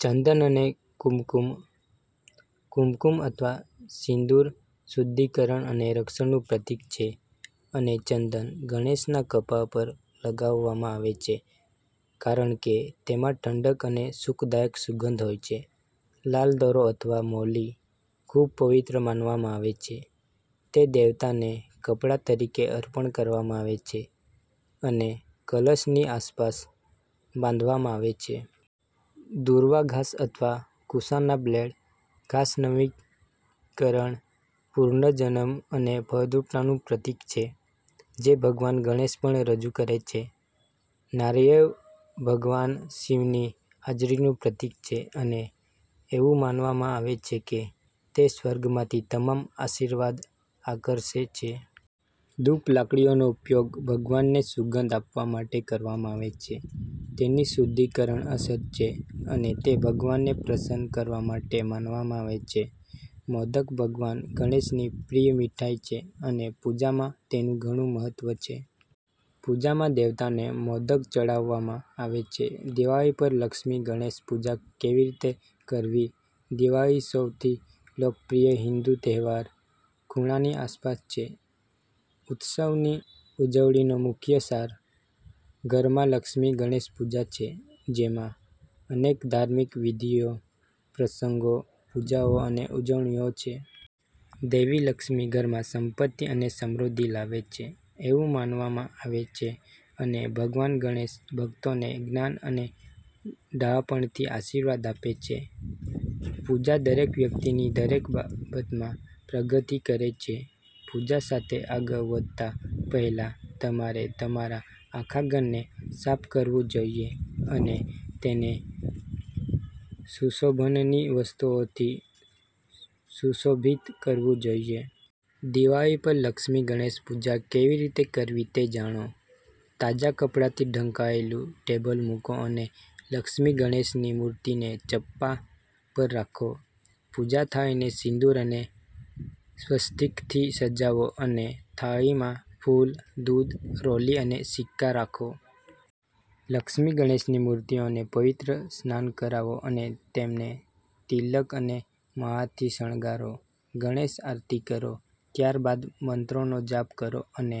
ચંદન અને કુમકુમ. કુમકુમ અથવા સિંદૂર શુદ્ધિકરણ અને રક્ષણનું પ્રતીક છે, અને ચંદન ગણેશના કપાળ પર લગાવવામાં આવે છે કારણ કે તેમાં ઠંડક અને સુખદાયક સુગંધ હોય છે. લાલ દોરો અથવા મૌલી. ખૂબ પવિત્ર માનવામાં આવે છે, તે દેવતાને કપડા તરીકે અર્પણ કરવામાં આવે છે અને કલશની આસપાસ બાંધવામાં આવે છે. દુર્વા ઘાસ અથવા કુશાના બ્લેડ. ઘાસ નવીકરણ, પુનર્જન્મ અને ફળદ્રુપતાનું પ્રતીક છે, જે ભગવાન ગણેશ પણ રજૂ કરે છે. નારિયેળ ભગવાન શિવની હાજરીનું પ્રતીક છે અને એવું માનવામાં આવે છે કે તે સ્વર્ગમાંથી તમામ આશીર્વાદ આકર્ષે છે. ધૂપ લાકડીઓનો ઉપયોગ ભગવાનને સુગંધ આપવા માટે કરવામાં આવે છે. તેની શુદ્ધિકરણ અસર છે અને તે ભગવાનને પ્રસન્ન કરવા માટે માનવામાં આવે છે. મોદક ભગવાન ગણેશની પ્રિય મીઠાઈ છે અને પૂજામાં તેનું ઘણું મહત્વ છે. પૂજામાં દેવતાને મોદક ચઢાવવામાં આવે છે. દિવાળી પર લક્ષ્મી ગણેશ પૂજા કેવી રીતે કરવી? દિવાળી, સૌથી લોકપ્રિય હિન્દુ તહેવાર, ખૂણાની આસપાસ છે. ઉત્સવની ઉજવણીનો મુખ્ય સાર. ઘરમાં લક્ષ્મી ગણેશ પૂજા છે, જેમાં અનેક ધાર્મિક વિધિઓ, પ્રસંગો, પૂજાઓ અને ઉજવણીઓ છે. દેવી લક્ષ્મી ઘરમાં સંપત્તિ અને સમૃદ્ધિ લાવે છે એવું માનવામાં આવે છે, અને ભગવાન ગણેશ ભક્તોને જ્ઞાન અને ડહાપણથી આશીર્વાદ આપે છે. પૂજા દરેક વ્યક્તિની દરેક બાબતમાં પ્રગતિ કરે છે. પૂજા સાથે આગળ વધતા પહેલા, તમારે તમારા આખા ઘરને સાફ કરવું જોઈએ અને તેને સુશોભનની વસ્તુઓથી સુશોભિત કરવું જોઈએ. દિવાળી પર લક્ષ્મી ગણેશ પૂજા કેવી રીતે કરવી તે જાણો. તાજા કપડાથી ઢંકાયેલું ટેબલ મૂકો અને લક્ષ્મી ગણેશની મૂર્તિને ચપ્પા પર રાખો. પૂજા થાળીને સિંદૂર અને સ્વસ્તિકથી સજાવો અને થાળીમાં ફૂલ, દૂધ, રોલી અને સિક્કા રાખો. લક્ષ્મી ગણેશની મૂર્તિઓને પવિત્ર સ્નાન કરાવો અને તેમને તિલક અને માળાથી શણગારો. ગણેશ આરતી કરો, ત્યારબાદ મંત્રોનો જાપ કરો અને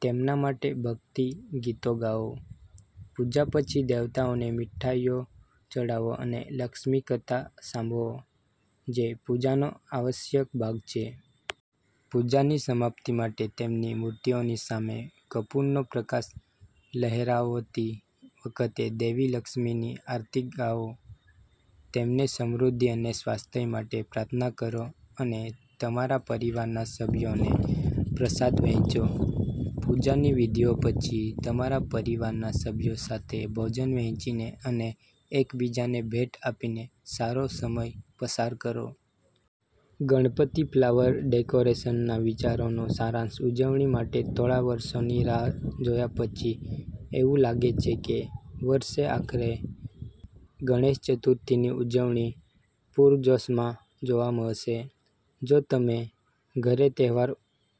તેમના માટે ભક્તિ ગીતો ગાઓ. પૂજા પછી દેવતાઓને મીઠાઈઓ ચઢાવો અને લક્ષ્મી કથા સાંભળો, જે પૂજાનો આવશ્યક ભાગ છે. પૂજાની સમાપ્તિ માટે, તેમની મૂર્તિઓની સામે કપૂરનો પ્રકાશ લહેરાવતી વખતે દેવી લક્ષ્મીની આરતી ગાઓ. તેમને સમૃદ્ધિ અને સ્વાસ્થ્ય માટે પ્રાર્થના કરો અને તમારા પરિવારના સભ્યોને પ્રસાદ વહેંચો. પૂજાની વિધિઓ પછી, તમારા પરિવારના સભ્યો સાથે ભોજન વહેંચીને અને એકબીજાને ભેટ આપીને સારો સમય પસાર કરો. ગણપતિ ફ્લાવર ડેકોરેશનના વિચારોનો સારાંશ. ઉજવણી માટે થોડા વર્ષોની રાહ જોયા પછી, એવું લાગે છે કે વર્ષે આખરે ગણેશ ચતુર્થીની ઉજવણી પૂરજોશમાં જોવા મળશે. જો તમે ઘરે તહેવાર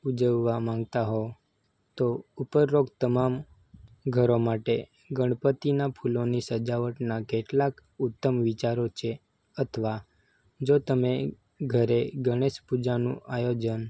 ઉજવવા માંગતા હો, તો ઉપરોક્ત તમામ ઘરો માટે ગણપતિના ફૂલોની સજાવટના કેટલાક ઉત્તમ વિચારો છે. અથવા, જો તમે ઘરે ગણેશ પૂજાનું આયોજન